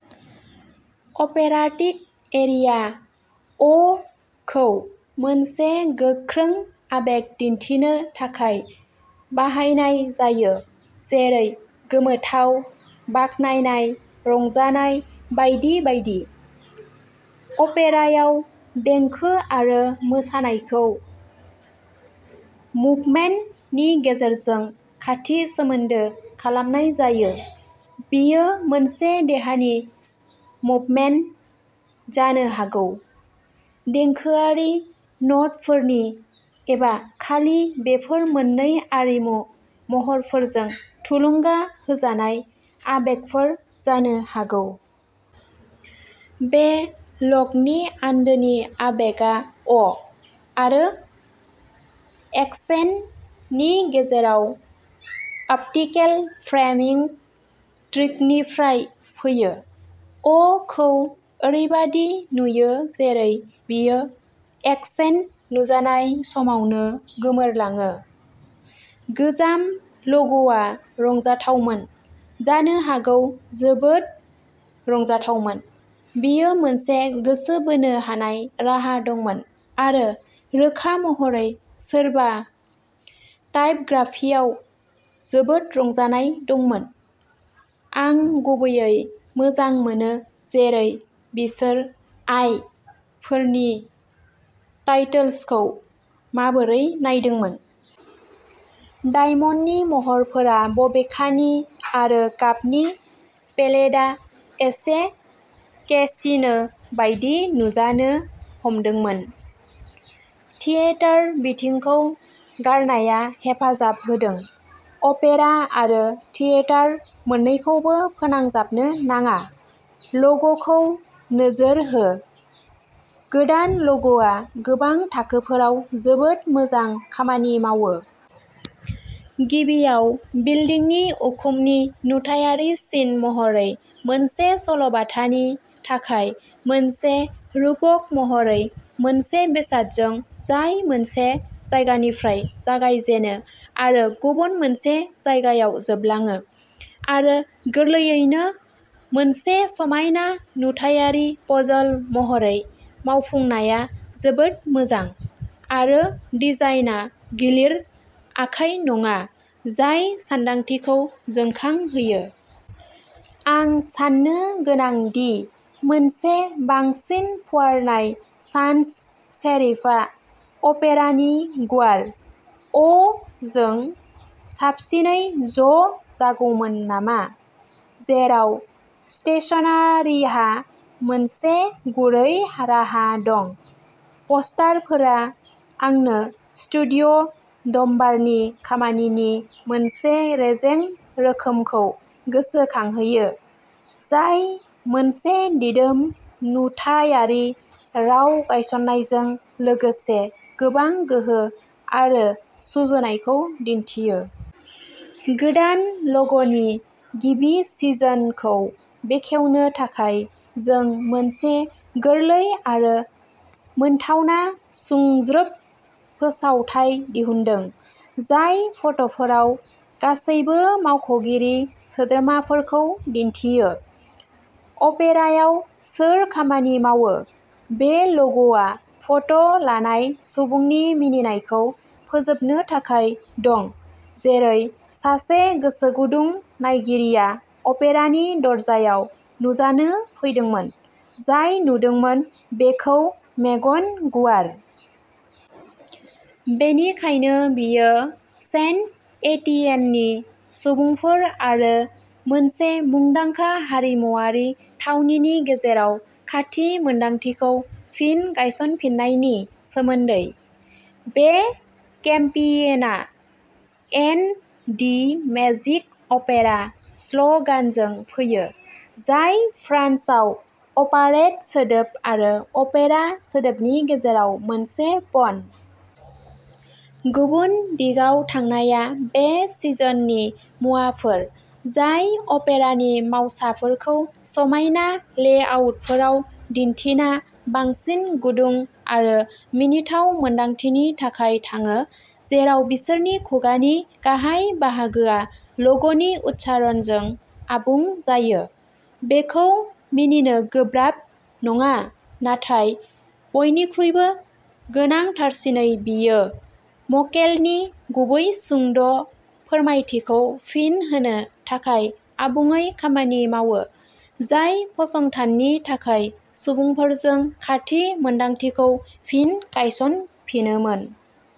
अपेराटिक aria. "अ" खौ मोनसे गोख्रों आबेग दिन्थिनो थाखाय बाहायनाय जायो जेरै गोमोथाव, बाख्नायनाय, रंजानाय बायदि बायदि। अपेरायाव, देंखो आरो मोसानायखौ "मुभमेन्ट" नि गेजेरजों खाथि सोमोन्दो खालामनाय जायो। बेयो मोनसे देहानि मुभमेन्ट जानो हागौ, देंखोआरि न'टफोरनि एबा खालि बेफोर मोननै आरिमु महरफोरजों थुलुंगा होजानाय आबेगफोर जानो हागौ।। बे ल'गनि आन्दोनि आबेगआ "अ" आरो "एक्सेन्ट" नि गेजेराव अप्टिकेल फ्रेमिंग ट्रिकनिफ्राय फैयो। "अ" खौ ओरैबादि नुयो जेरै बेयो एक्सेन्ट नुजानाय समावनो गोमोरलाङो। गोजाम ल'ग'आ रंजाथावमोन, जानो हागौ जोबोद रंजाथावमोन। बेयो मोनसे गोसो बोनो हानाय राहा दंमोन आरो रोखा महरै सोरबा टाइपग्राफियाव जोबोद रंजानाय दंमोन, आं गुबैयै मोजां मोनो जेरै बिसोर "आइ" फोरनि टाइटोल्सखौ माबोरै नायदोंमोन। डायमन्डनि महरफोरा, बबेखानि आरो गाबनि पेलेटआ एसे केसिनो बायदि नुजानो हमदोंमोन। थियेटार बिथिंखौ गारनाया हेफाजाब होदों। अपेरा आरो थियेटार मोन्नैखौबो फोनांजाबनो नाङा, ल'ग'खौ नोजोर हो। गोदान ल'ग'आ गोबां थाखोफोराव जोबोद मोजां खामानि मावो। गिबियाव, बिल्दिंनि उखुमनि नुथायारि सिन महरै मोनसे सल'बाथानि थाखाय मोनसे रुपक महरै, मोनसे बेसादजों जाय मोनसे जायगानिफ्राय जागायजेनो आरो गुबुन मोनसे जायगायाव जोबलाङो आरो गोरलैयैनो मोनसे समायना नुथायारि पजल महरै मावफुंनाया जोबोद मोजां आरो डिजाइनआ गिलिर आखाय नङा, जाय सानदांथिखौ जोंखांहोयो। आं साननो गोनां दि मोनसे बांसिन फुवारनाय सान्स सेरिफआ अपेरानि गुवार "अ" जों साबसिनै ज' जागौमोन नामा? जेराव स्टेशनारिहा मोनसे गुरै राहा दं, पस्टारफोरा आंनो स्टुडिय'डम्बारनि खामानिनि मोनसे रेजें रोखोमखौ गोसोखांहोयो, जाय मोनसे दिदोम नुथायारि राव गायसन्नायजों लोगोसे गोबां गोहो आरो सुजुनायखौ दिन्थियो। गोदान ल'ग'नि गिबि सिजनखौ बेखेवनो थाखाय जों मोनसे गोरलै आरो मोनथावना सुंज्रोब फोसावथाय दिहुनदों, जाय फट'फोराव गासैबो मावख'गिरि सोद्रोमाफोरखौ दिन्थियो। अपेरायाव सोर खामानि मावो। बे ल'ग'आ फट' लानाय सुबुंनि मिनिनायखौ फोजोबनो थाखाय दं, जेरै सासे गोसोगुदुं नायगिरिया अपेरानि दरजायाव नुजानो फैदोंमोन, जाय नुदोंमोन बेखौ मेगन गुवार। बेनिखायनो बेयो सेन्ट-एटिएननि सुबुंफोर आरो मोनसे मुंदांखा हारिमुआरि थावनिनि गेजेराव खाथि मोन्दांथिखौ फिन गायसनफिन्नायनि सोमोन्दै। बे केम्पेइना "एन्ड दि मेजिक अपेरा" स्ल'गानजों फैयो, जाय फ्रान्सआव "अपारेट" सोदोब आरो "अपेरा" सोदोबनि गेजेराव मोनसे पन। गुबुन दिगाव थांनाया बे सिजननि मुवाफोर जाय अपेरानि मावसाफोरखौ समायना लेआउटफोराव दिन्थिना बांसिन गुदुं आरो मिनिथाव मोन्दांथिनि थाखाय थाङो, जेराव बिसोरनि खुगानि गाहाय बाहागोआ ल'ग'नि उच्चारणजों आबुं जायो। बेखौ मिनिनो गोब्राब नङा, नाथाय बयनिख्रुइबो गोनांथारसिनै बेयो मक्केलनि गुबै सुंद' फोरमायथिखौ फिन होनो थाखाय आबुङै खामानि मावो, जाय फसंथाननि थाखाय सुबुंफोरजों खाथि मोन्दांथिखौ फिन गायसनफिननोमोन।